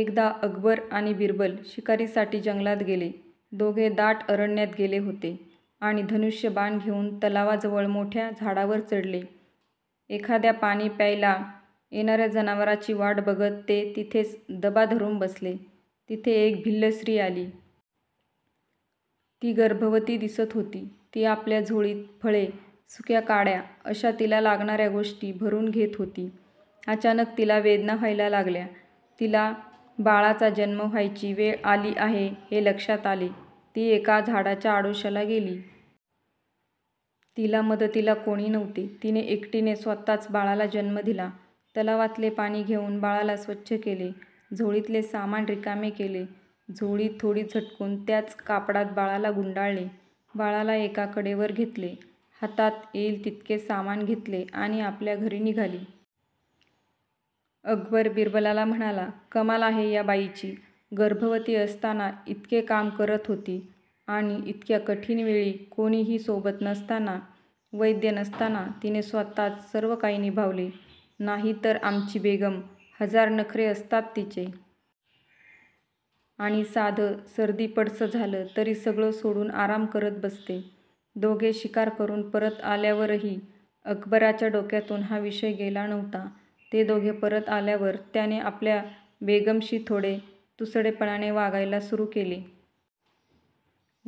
एकदा अकबर आणि बिरबल शिकारीसाठी जंगलात गेले. दोघे दाट अरण्यात गेले होते आणि धनुष्य बाण घेऊन तलावाजवळ मोठ्या झाडावर चढले. एखाद्या पाणी प्यायला येणाऱ्या जनावराची वाट बघत ते तिथेच दबा धरून बसले. तिथे एक भिल्ल स्त्री आली. ती गर्भवती दिसत होती. ती आपल्या झोळीत फळे, सुक्या काड्या अशा तिला लागणाऱ्या गोष्टी भरून घेत होती. अचानक तिला वेदना व्हायला लागल्या. तिला बाळाचा जन्म व्हायची वेळ झाली आहे हे लक्षात आले. ती एका झाडाच्या आडोशाला गेली. तिला मदतीला कोणी नव्हते. तिने एकटीने स्वतःच बाळाला जन्म दिला. तलावातले पाणी घेऊन बाळाला स्वच्छ केले. झोळीतले सामान रिकामे केले, झोळी थोडी झटकून त्याच कपड्यात बाळाला गुंडाळले. बाळाला एका कडेवर घेतले, हातात येईल तितके सामान घेतले आणि आपल्या घरी निघाली. अकबर बिरबलाला म्हणाला. कमाल आहे या बाईची. गर्भवती असताना इतके काम करत होती. आणि इतक्या कठीण वेळी कोणीही सोबत नसताना, वैद्य नसताना तिने स्वतःच सर्व काही निभावले. नाही तर आमची बेगम. हजार नखरे असतात तिचे. आणि साधं सर्दी पडसं झालं तरी सगळं सोडून आराम करत बसते. दोघे शिकार करून परत आल्यावरही अकबराच्या डोक्यातुन हा विषय गेला नव्हता. ते दोघे परत आल्यावर त्याने आपल्या बेगमशी थोडे तुसडेपणाने वागायला सुरु केले.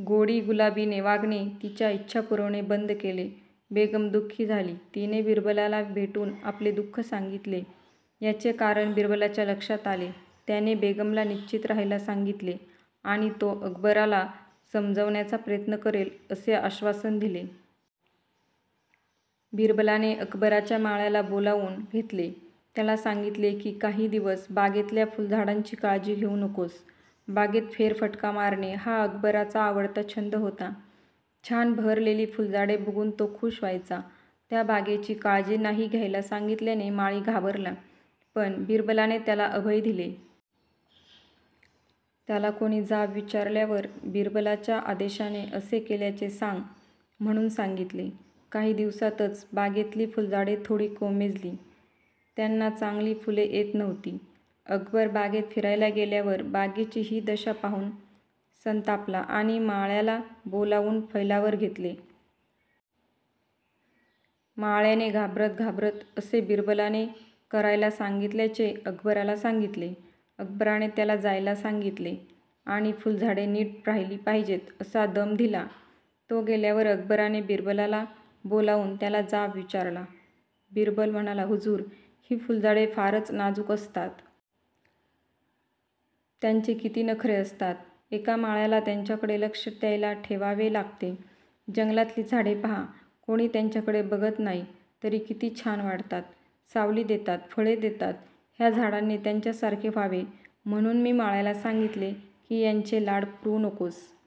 गोडीगुलाबीने वागणे, तिच्या इच्छा पुरवणे बंद केले. बेगम दुःखी झाली. तिने बिरबलाला भेटून आपले दुःख सांगितले. ह्याचे कारण बिरबलाच्या लक्षात आले. त्याने बेगमला निश्चित राहायला सांगितले आणि तो अकबराला समजावण्याचा प्रयत्न करेल असे आश्वासन दिले. बिरबलाने अकबराच्या माळ्याला बोलावुन घेतले. त्याला सांगितले कि काही दिवस बागेतल्या फुलझाडांची काळजी घेऊ नकोस. बागेत फेरफटका मारणे हा अकबराचा आवडता छंद होता. छान बहरलेली फुलझाडे बघुन तो खुश व्हायचा. त्या बागेची काळजी नाही घ्यायला सांगितल्याने माळी घाबरला, पण बिरबलाने त्याला अभय दिले. त्याला कोणी जाब विचारल्यावर बिरबलाच्या आदेशाने असे केल्याचे सांग म्हणुन सांगितले. काही दिवसातच बागेतली फुलझाडे थोडी कोमेजली. त्यांना चांगली फुले येत नव्हती. अकबर बागेत फिरायला गेल्यावर बागेची हि दशा पाहुन संतापला आणि माळ्याला बोलावून फैलावर घेतले. माळ्याने घाबरत घाबरत असे बिरबलाने करायला सांगितल्याचे अकबराला सांगितले. अकबराने त्याला जायला सांगितले आणि फुलझाडे नीट राहिली पाहिजेत असा दम दिला. तो गेल्यावर अकबराने बिरबलाला बोलावुन त्याला जाब विचारला. बिरबल म्हणाला हुजूर, हि फुलझाडे फारच नाजुक असतात. त्यांचे किती नखरे असतात. एका माळ्याला त्यांच्याकडे लक्ष द्यायला ठेवावे लागते. जंगलातली झाडे पहा. कोणी त्यांच्याकडे बघत नाही तरी किती छान वाढतात, सावली देतात, फळे देतात. ह्या झाडांनी त्यांच्यासारखे व्हावे म्हणुन मी माळ्याला सांगितले कि ह्यांचे लाड पुरवू नकोस.